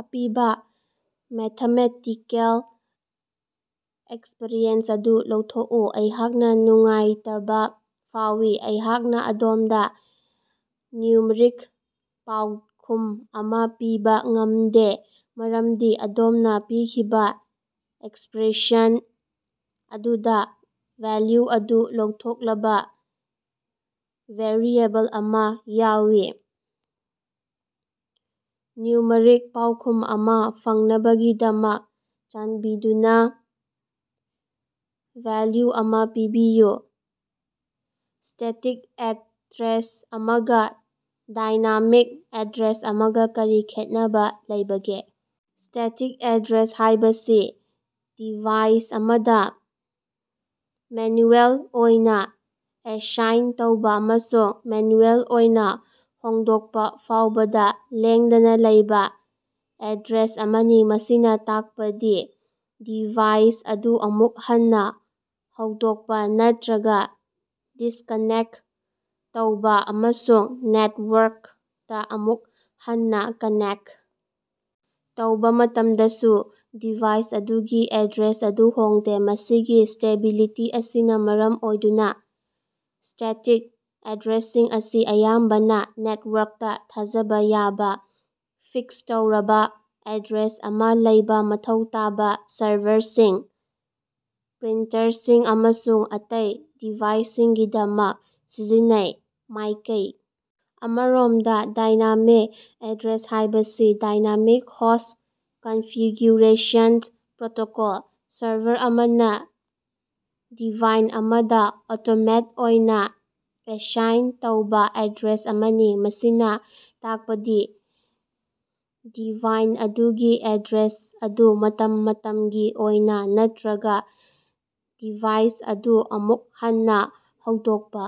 ꯑꯄꯤꯕꯥ mathematical expression ꯑꯗꯨ ꯂꯧꯊꯣꯛꯎ꯫ ꯑꯩꯍꯥꯛꯅꯥ ꯅꯨꯡꯉꯥꯏꯇꯕꯥ ꯐꯥꯎꯏ, ꯑꯩꯍꯥꯛꯅꯥ ꯑꯗꯣꯝꯗꯥ ꯅ꯭ꯌꯨꯃꯔꯤꯛ ꯄꯥꯎꯈꯨꯝ ꯑꯃꯥ ꯄꯤꯕꯥ ꯉꯝꯗꯦ ꯃꯔꯝꯗꯤ ꯑꯗꯣꯝꯅꯥ ꯄꯤꯈꯤꯕꯥ ꯑꯦꯛꯁꯄꯔꯦꯁꯟ ꯑꯗꯨꯗꯥ ꯚꯦꯜꯌꯨ ꯑꯗꯨ ꯂꯧꯊꯣꯛꯂꯕꯥ ꯚꯦꯔꯤꯑꯦꯕꯜ ꯑꯃꯥ ꯌꯥꯎꯏ꯫ ꯅ꯭ꯌꯨꯃꯔꯤꯛ ꯄꯥꯎꯈꯨꯝ ꯑꯃꯥ ꯐꯪꯅꯕꯒꯤꯗꯃꯛ, ꯆꯥꯟꯕꯤꯗꯨꯅꯥ ꯚꯦꯜꯌꯨ ꯑꯃꯥ ꯄꯤꯕꯤꯌꯨ꯫ꯁ꯭ꯇꯦꯇꯤꯛ ꯑꯦꯗ꯭ꯔꯦꯁ ꯑꯃꯒꯥ ꯗꯥꯏꯅꯥꯃꯤꯛ ꯑꯦꯗ꯭ꯔꯦꯁ ꯑꯃꯒꯥ ꯀꯔꯤ ꯈꯦꯠꯅꯕꯥ ꯂꯩꯕꯒꯦ? ꯁ꯭ꯇꯦꯇꯤꯛ ꯑꯦꯗ꯭ꯔꯦꯁ ꯍꯥꯏꯕꯁꯤ ꯗꯤꯚꯥꯏꯁ ꯑꯃꯗꯥ ꯃꯦꯅꯌꯨꯑꯦꯜ ꯑꯣꯏꯅꯥ ꯑꯦꯁꯥꯏꯟ ꯇꯧꯕꯥ ꯑꯃꯁꯨꯡ ꯃꯦꯅꯌꯨꯑꯦꯜ ꯑꯣꯏꯅꯥ ꯍꯣꯡꯗꯣꯛꯄꯥ ꯐꯥꯎꯕꯗꯥ ꯂꯦꯡꯗꯅꯥ ꯂꯩꯕꯥ ꯑꯦꯗ꯭ꯔꯦꯁ ꯑꯃꯅꯤ꯫ ꯃꯁꯤꯅꯥ ꯇꯥꯛꯄꯗꯤ ꯗꯤꯚꯥꯏꯁ ꯑꯗꯨ ꯑꯃꯨꯛ ꯍꯟꯅꯥ ꯍꯧꯗꯣꯛꯄꯥ ꯅꯠꯇꯔꯒꯥ ꯗꯤꯁꯀꯅꯦꯛ ꯇꯧꯕꯥ ꯑꯃꯁꯨꯡ ꯅꯦꯠꯋꯥꯔꯛꯇꯥ ꯑꯃꯨꯛ ꯍꯟꯅꯥ ꯀꯅꯦꯛ ꯇꯧꯕꯥ ꯃꯇꯝꯗꯁꯨ ꯗꯤꯚꯥꯏꯁ ꯑꯗꯨꯒꯤ ꯑꯦꯗ꯭ꯔꯦꯁ ꯑꯗꯨ ꯍꯣꯡꯗꯦ꯫ ꯃꯁꯤꯒꯤ ꯁ꯭ꯇꯦꯕꯤꯂꯤꯇꯤ ꯑꯁꯤꯅꯥ ꯃꯔꯝ ꯑꯣꯏꯗꯨꯅꯥ, ꯁ꯭ꯇꯦꯇꯤꯛ ꯑꯦꯗ꯭ꯔꯦꯁꯁꯤꯡ ꯑꯁꯤ ꯑꯌꯥꯝꯕꯅꯥ ꯅꯦꯠꯋꯥꯔꯛꯇꯥ ꯊꯥꯖꯕꯥ ꯌꯥꯕꯥ, ꯐꯤꯛꯁ ꯇꯧꯔꯕꯥ ꯑꯦꯗ꯭ꯔꯦꯁ ꯑꯃꯥ ꯂꯩꯕꯥ ꯃꯊꯧ ꯇꯥꯕꯥ ꯁꯔꯚꯔꯁꯤꯡ, ꯄ꯭ꯔꯤꯟꯇꯔꯁꯤꯡ ꯑꯃꯁꯨꯡ ꯑꯇꯩ ꯗꯤꯚꯥꯏꯁꯁꯤꯡꯒꯤꯗꯃꯛ ꯁꯤꯖꯤꯟꯅꯩ꯫ ꯃꯥꯏꯀꯩ ꯑꯃꯔꯣꯝꯗꯥ, ꯗꯥꯏꯅꯥꯃꯤꯛ ꯑꯦꯗ꯭ꯔꯦꯁ ꯍꯥꯏꯕꯁꯤ (dynamic host configuration protocol) server ꯑꯃꯅꯥ ꯗꯤꯚꯥꯏꯟ ꯑꯃꯗꯥ ꯑꯣꯇꯣꯃꯦꯠ ꯑꯣꯏꯅꯥ ꯑꯦꯁꯥꯏꯟ ꯇꯧꯕꯥ ꯑꯦꯗ꯭ꯔꯦꯁ ꯑꯃꯅꯤ꯫ ꯃꯁꯤꯅꯥ ꯇꯥꯛꯄꯗꯤ ꯗꯤꯚꯥꯏꯟ ꯑꯗꯨꯒꯤ ꯑꯦꯗ꯭ꯔꯦꯁ ꯑꯗꯨ ꯃꯇꯝ ꯃꯇꯝꯒꯤ ꯑꯣꯏꯅꯥ ꯅꯠꯇꯔꯒꯥ ꯗꯤꯚꯥꯏꯁ ꯑꯗꯨ ꯑꯃꯨꯛ ꯍꯟꯅꯥ ꯍꯧꯗꯣꯛꯄꯥ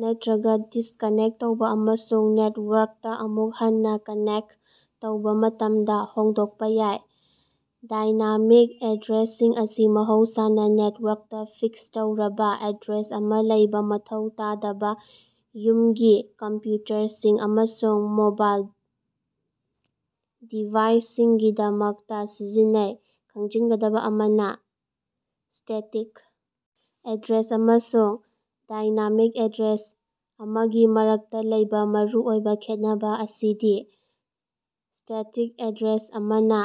ꯅꯠꯇꯔꯒꯥ ꯗꯤꯁꯀꯅꯦꯛꯇ ꯇꯧꯕꯥ ꯑꯃꯁꯨꯡ ꯅꯦꯠꯋꯥꯔꯛꯇꯥ ꯑꯃꯨꯛ ꯍꯟꯅꯥ ꯀꯅꯦꯛꯇ ꯇꯧꯕꯥ ꯃꯇꯝꯗꯥ ꯍꯣꯡꯗꯣꯛꯄꯥ ꯌꯥꯏ꯫ ꯗꯥꯏꯅꯥꯃꯤꯛ ꯑꯦꯗ꯭ꯔꯦꯁꯁꯤꯡ ꯑꯁꯤ ꯃꯍꯧꯁꯥꯅꯥ ꯅꯦꯇꯋꯥꯔꯛꯇꯥ ꯐꯤꯛꯁ ꯇꯧꯔꯕꯥ ꯑꯦꯗ꯭ꯔꯦꯁ ꯑꯃꯥ ꯂꯩꯕꯥ ꯃꯊꯧ ꯇꯥꯗꯕꯥ ꯌꯨꯝꯒꯤ ꯀꯝꯄꯌꯨꯇꯔꯁꯤꯡ ꯑꯃꯁꯨꯡ ꯃꯣꯕꯥꯏꯜ ꯗꯤꯚꯥꯏꯁꯁꯤꯡꯒꯤꯗꯃꯛꯇꯥ ꯁꯤꯖꯤꯟꯅꯩ꯫ ꯈꯪꯖꯤꯒꯗꯕꯥ ꯑꯃꯅꯥ, ꯁ꯭ꯇꯦꯇꯤꯛ ꯑꯦꯗ꯭ꯔꯦꯁ ꯑꯃꯁꯨꯡ ꯗꯥꯏꯅꯥꯃꯤꯛ ꯑꯦꯗ꯭ꯔꯦꯁ ꯑꯃꯒꯤ ꯃꯔꯛꯇꯥ ꯂꯩꯕꯥ ꯃꯔꯨꯑꯣꯏꯕꯥ ꯈꯦꯠꯅꯕꯥ ꯑꯁꯤꯗꯤ ꯁ꯭ꯇꯦꯇꯤꯛ ꯑꯦꯗ꯭ꯔꯦꯁ ꯑꯃꯅꯥ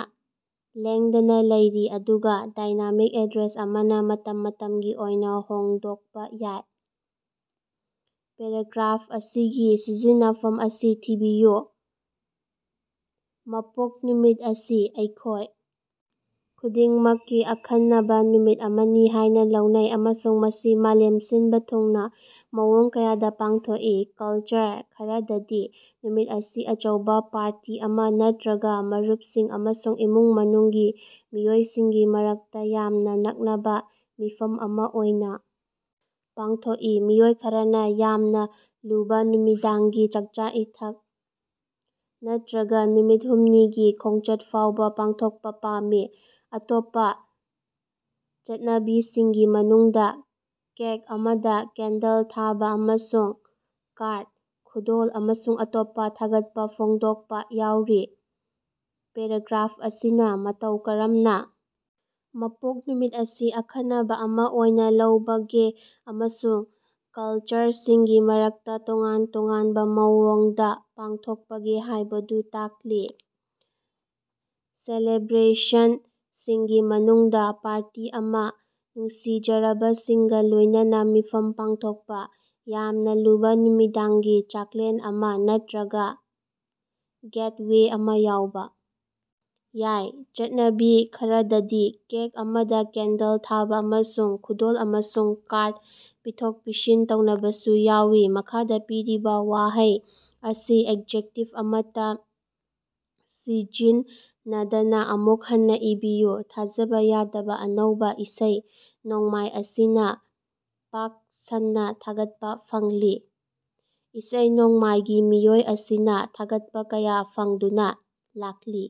ꯂꯦꯡꯗꯅꯥ ꯂꯩꯔꯤ ꯑꯗꯨꯒꯥ ꯗꯥꯏꯅꯥꯃꯤꯛ ꯑꯦꯗ꯭ꯔꯦꯁ ꯑꯃꯅꯥ ꯃꯇꯝ ꯃꯇꯝꯒꯤ ꯑꯣꯏꯅꯥ ꯍꯣꯡꯗꯣꯛꯄꯥ ꯌꯥꯏ꯫ ꯄꯦꯔꯥꯒ꯭ꯔꯥꯐ ꯑꯁꯤꯒꯤ ꯁꯝꯖꯤꯟꯅꯐꯝ ꯑꯁꯤ ꯊꯤꯕꯤꯌꯨ: ꯃꯄꯣꯛ ꯅꯨꯃꯤꯠ ꯑꯁꯤ ꯑꯩꯈꯣꯏ ꯈꯨꯗꯤꯡꯃꯛꯀꯤ ꯑꯈꯟꯅꯕꯥ ꯅꯨꯃꯤꯠ ꯑꯃꯅꯤ ꯍꯥꯏꯅꯥ ꯂꯧꯅꯩ ꯑꯃꯁꯨꯡ ꯃꯁꯤ ꯃꯥꯂꯦꯝ ꯁꯤꯟꯕꯥ ꯊꯨꯡꯅꯥ ꯃꯑꯣꯡ ꯀꯌꯥꯗꯥ ꯄꯥꯡꯊꯣꯛꯏ꯫ ꯀꯜꯆꯔ ꯈꯔꯗꯗꯤ ꯅꯨꯃꯤꯠ ꯑꯁꯤ ꯑꯆꯧꯕꯥ ꯄꯥꯔꯇꯤ ꯑꯃꯥ ꯅꯠꯇꯔꯒꯥ ꯃꯔꯨꯞꯁꯤꯡ ꯑꯃꯁꯨꯡ ꯏꯃꯨꯡ ꯃꯅꯨꯡꯒꯤ ꯃꯤꯑꯣꯏꯁꯤꯡꯒꯤ ꯃꯔꯛꯇꯥ ꯌꯥꯝꯅꯥ ꯅꯛꯅꯕꯥ ꯃꯤꯐꯝ ꯑꯃꯥ ꯑꯣꯏꯅꯥ ꯄꯥꯡꯊꯣꯛꯏ꯫ ꯃꯤꯑꯣꯏ ꯈꯔꯅꯥ ꯌꯥꯝꯅꯥ ꯂꯨꯕꯥ ꯅꯨꯃꯤꯗꯥꯡꯒꯤ ꯆꯥꯛꯆꯥ-ꯏꯊꯛ ꯅꯠꯇꯔꯒꯥ ꯅꯨꯃꯤꯠ ꯍꯨꯝꯅꯤꯒꯤ ꯈꯣꯡꯆꯠ ꯐꯥꯎꯕꯥ ꯄꯥꯡꯊꯣꯛꯄꯥ ꯄꯥꯝꯃꯤ꯫ ꯑꯇꯣꯞꯄꯥ ꯆꯠꯅꯕꯤꯁꯤꯡꯒꯤ ꯃꯅꯨꯡꯗꯥ ꯀꯦꯛ ꯑꯃꯗꯥ ꯀꯦꯟꯗꯜ ꯊꯥꯕꯥ ꯑꯃꯁꯨꯡ ꯀꯥꯔꯗ, ꯈꯨꯗꯣꯜ ꯑꯃꯁꯨꯡ ꯑꯇꯣꯞꯄꯥ ꯊꯥꯒꯠꯄꯥ ꯐꯣꯡꯗꯣꯛꯄꯥ ꯌꯥꯎꯔꯤ꯫ ꯄꯦꯔꯥꯒ꯭ꯔꯥꯐ ꯑꯁꯤꯅꯥ ꯃꯇꯧ ꯀꯔꯝꯅꯥ ꯃꯄꯣꯛ ꯅꯨꯃꯤꯠ ꯑꯁꯤ ꯑꯈꯟꯅꯕꯥ ꯑꯃꯥ ꯑꯣꯏꯅꯥ ꯂꯧꯕꯒꯦ ꯑꯃꯁꯨꯡ ꯀꯜꯆꯔꯁꯤꯡꯒꯤ ꯃꯔꯛꯇꯥ ꯇꯣꯉꯥꯟ ꯇꯣꯉꯥꯟꯕꯥ ꯃꯑꯣꯡꯗꯥ ꯄꯥꯡꯊꯣꯛꯄꯒꯦ ꯍꯥꯏꯕꯗꯨ ꯇꯥꯛꯂꯤ꯫ ꯁꯦꯂꯦꯕ꯭ꯔꯦꯁꯟꯁꯤꯡꯒꯤ ꯃꯅꯨꯡꯗꯥ ꯄꯥꯔꯇꯤ ꯑꯃꯥ, ꯅꯨꯡꯁꯤꯖꯔꯕꯁꯤꯡꯒꯥ ꯂꯣꯏꯅꯅꯥ ꯃꯤꯐꯝ ꯄꯥꯡꯊꯣꯛꯄꯥ, ꯌꯥꯝꯅꯥ ꯂꯨꯕꯥ ꯅꯨꯃꯤꯗꯥꯡꯒꯤ ꯆꯥꯛꯂꯦꯟ ꯑꯃꯥ ꯅꯠꯇꯔꯒꯥ ꯒꯦꯠꯋꯦ ꯑꯃꯥ ꯌꯥꯎꯕꯥ ꯌꯥꯏ꯫ ꯆꯠꯅꯕꯤ ꯈꯔꯗꯗꯤ ꯀꯦꯛ ꯑꯃꯗꯥ ꯀꯦꯟꯗꯜ ꯊꯥꯕꯥ ꯑꯃꯁꯨꯡ ꯈꯨꯗꯣꯜ ꯑꯃꯁꯨꯡ ꯀꯥꯔꯗ ꯄꯤꯊꯣꯛ-ꯄꯤꯁꯤꯟ ꯇꯧꯅꯕꯁꯨ ꯌꯥꯎꯏ꯫ ꯃꯈꯥꯗꯥ ꯄꯤꯔꯤꯕꯥ ꯋꯥꯍꯩ ꯑꯁꯤ ꯑꯦꯖꯦꯛꯇꯤꯚ ꯑꯃꯠꯇꯥ ꯁꯤꯖꯤꯟꯅꯗꯅꯥ ꯑꯃꯨꯛ ꯍꯟꯅꯥ ꯏꯕꯤꯌꯨ꯫ ꯊꯥꯖꯕꯥ ꯌꯥꯗꯕꯥ ꯑꯅꯧꯕꯥ ꯏꯁꯩ ꯅꯣꯡꯃꯥꯏ ꯑꯁꯤꯅꯥ ꯄꯥꯛ ꯁꯟꯅꯥ ꯊꯥꯒꯠꯄꯥ ꯐꯪꯂꯤ꯫ ꯏꯁꯩ ꯅꯣꯡꯃꯥꯏꯒꯤ ꯃꯤꯑꯣꯏ ꯑꯁꯤꯅꯥ ꯊꯥꯒꯠꯄꯥ ꯀꯌꯥ ꯐꯪꯗꯨꯅꯥ ꯂꯥꯛꯂꯤ꯫